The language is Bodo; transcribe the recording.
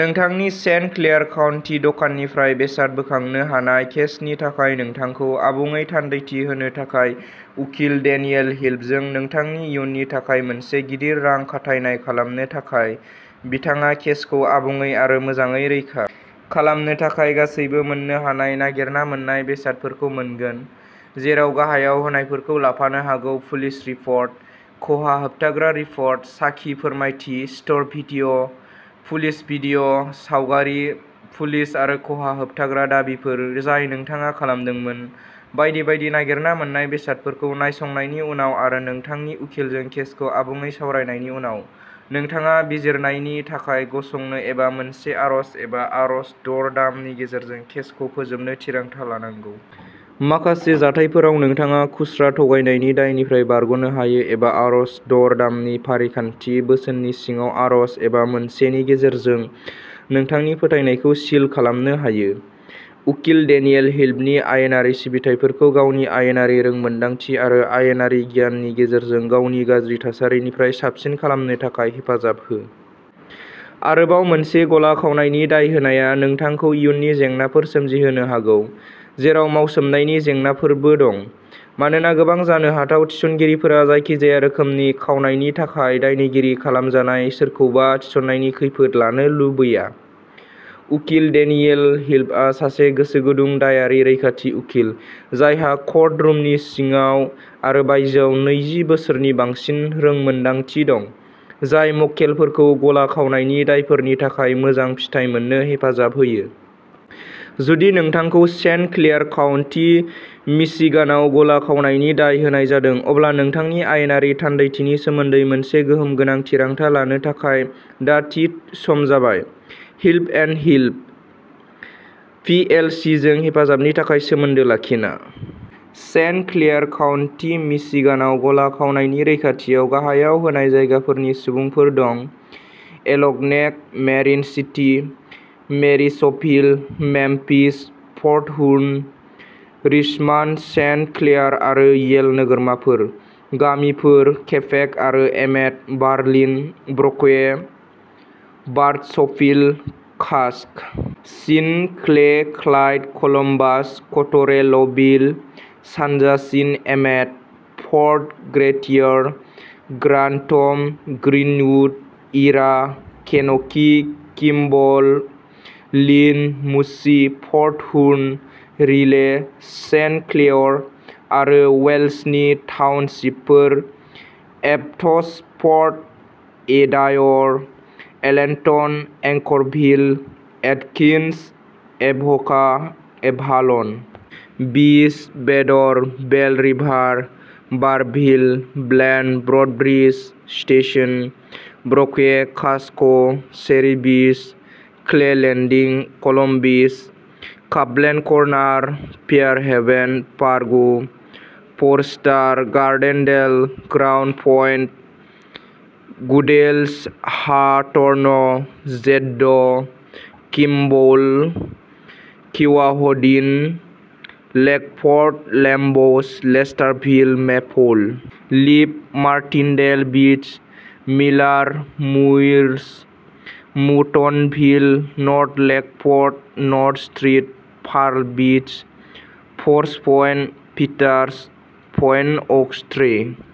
नोंथांनि सेन्ट क्लेयार काउन्टि दखाननिफ्राय बेसाद बोखांनो हानाय केसनि थाखाय नोंथांखौ आबुङै थान्दैथि होनो थाखाय उकिल डेनियेल हिल्फजों नोंथांनि इयुननि थाखाय मोनसे गिदिर रां खाथायनाय खालामनो थाखाय, बिथाङा केसखौ आबुङै आरो मोजाङै रैखा खालामनो थाखाय गासैबो मोन्नो हानाय नागिरना मोन्नाय बेसादफोरखौ मोनगोन, जेराव गाहायाव होनायफोरखौ लाफानो हागौ पुलिस रिपर्ट, खहा होबथाग्रा रिपर्ट, साखि फोरमायथि, स्ट'र भिडिअ', पुलिस भिडिअ', सावगारि, पुलिस आरो खहा होबथाग्रा दाबिफोर जाय नोंथाङा खालामदोंमोन, बायदि बायदि नागिरना मोन्नाय बेसादफोरखौ नायसंनायनि उनाव आरो नोंथांनि उखिलजों केसखौ आबुङै सावरायनायनि उनाव, नोंथाङा बिजिरनायनि थाखाय गसंनो एबा मोनसे आर'ज एबा आर'ज दर-दामनि गेजेरजों केसखौ फोजोबनो थिरांथा लानांगौ। माखासे जाथायफोराव नोंथाङा खुस्रा थगायनायनि दायनिफ्राय बारग'नो हायो एबा आर'ज दर-दामनि फारिखान्थि, बोसोननि सिङाव आर'ज, एबा मोनसे नि गेजेरजों नोंथांनि फोथायनायखौ सिल खालामनो हायो। उकिल डेनियेल हिल्फनि आयेनारि सिबिथाइफोरखौ गावनि आयेनारि रोंमोनदांथि आरो आयेनारि गियाननि गेजेरजों गावनि गाज्रि थासारिनिफ्राय साबसिन खालामनो थाखाय हेफाजाब हो। आरोबाव मोनसे गला खावनायनि दाय होनाया नोंथांखौ इयुननि जेंनाफोर सोमजिहोनो हागौ। जेराव मावसोमनायनि जेंनाफोरबो दं, मानोना गोबां जानो हाथाव थिसनगिरिफोरा जायखिजाया रोखोमनि खावनायनि थाखाय दायनिगिरि खालामजानाय सोरखौबा थिसननायनि खैफोद लानो लुबैया। उकिल डेनियेल हिल्फआ सासे गोसोगुदुं दायारि रैखाथि उखिल, जायहा कर्ट रुमनि सिङाव आरो बायजोआव नैजि बोसोरनि बांसिन रोंमोनदांथि दं जाय मक्केलफोरखौ गला खावनायनि दायफोरनि थाखाय मोजां फिथाय मोननो हेफाजाब होयो। जुदि नोंथांखौ सेन्ट क्लेयार काउन्टि मिशिगानाव गला खावनायनि दाय होनाय जादों। अब्ला नोंथांनि आयेनारि थान्दैथिनि सोमोन्दै मोनसे गोहोम गोनां थिरांथा लानो थाखाय दा थि सम जाबाय Hilf and Hilf, P L C जों हेफाजाबनि थाखाय सोमोन्दो लाखिना। सेन्ट क्लेयार काउन्टि मिशिगानाव गला खावनायनि रैखाथियाव गाहायाव होनाय जायगाफोरनि सुबुंफोर दं Algonac, Marine City, Marysville, Memphis, Port Huron, Richmond, Saint Clair आरो येल नोगोरमाफोर; गामिफोर केपेक आरो Emmett; Berlin, Brockway, Burtchville, Casco चीन, क्ले, क्लाइड, कलम्बास, कटरेलभिल, सानजा China, Emmett, Fort Gratiot, Grant Greenwood, Ira, Kenockee, Kimball, Lynn, Mussey, Port Huron, Riley, Saint Clair आरो वेल्सनि टाउनशिपफोर; Abbottsford, Adair, Allenton, Anchorville, Atkins, Avoca, Avalon Beach, Bader, Belle River, Berville, Blaine, Broadbridge Station, Brockway, Casco', Cherry Beach, clay लेन्दिं, Columbus, Copeland Corner, Fair Haven, Fargo, Forester, Gardendale, Grand Point, Goodells, Hathorn, Jeddo', Kimball, Keewahdin, Lakeport, Lambs, Lesterville, Maple Leaf, Martindale Beach, Miller, Muirs, Muttonville, North Lakeport, North Street, Pearl Beach, Perch Point, Peters, Point Aux tray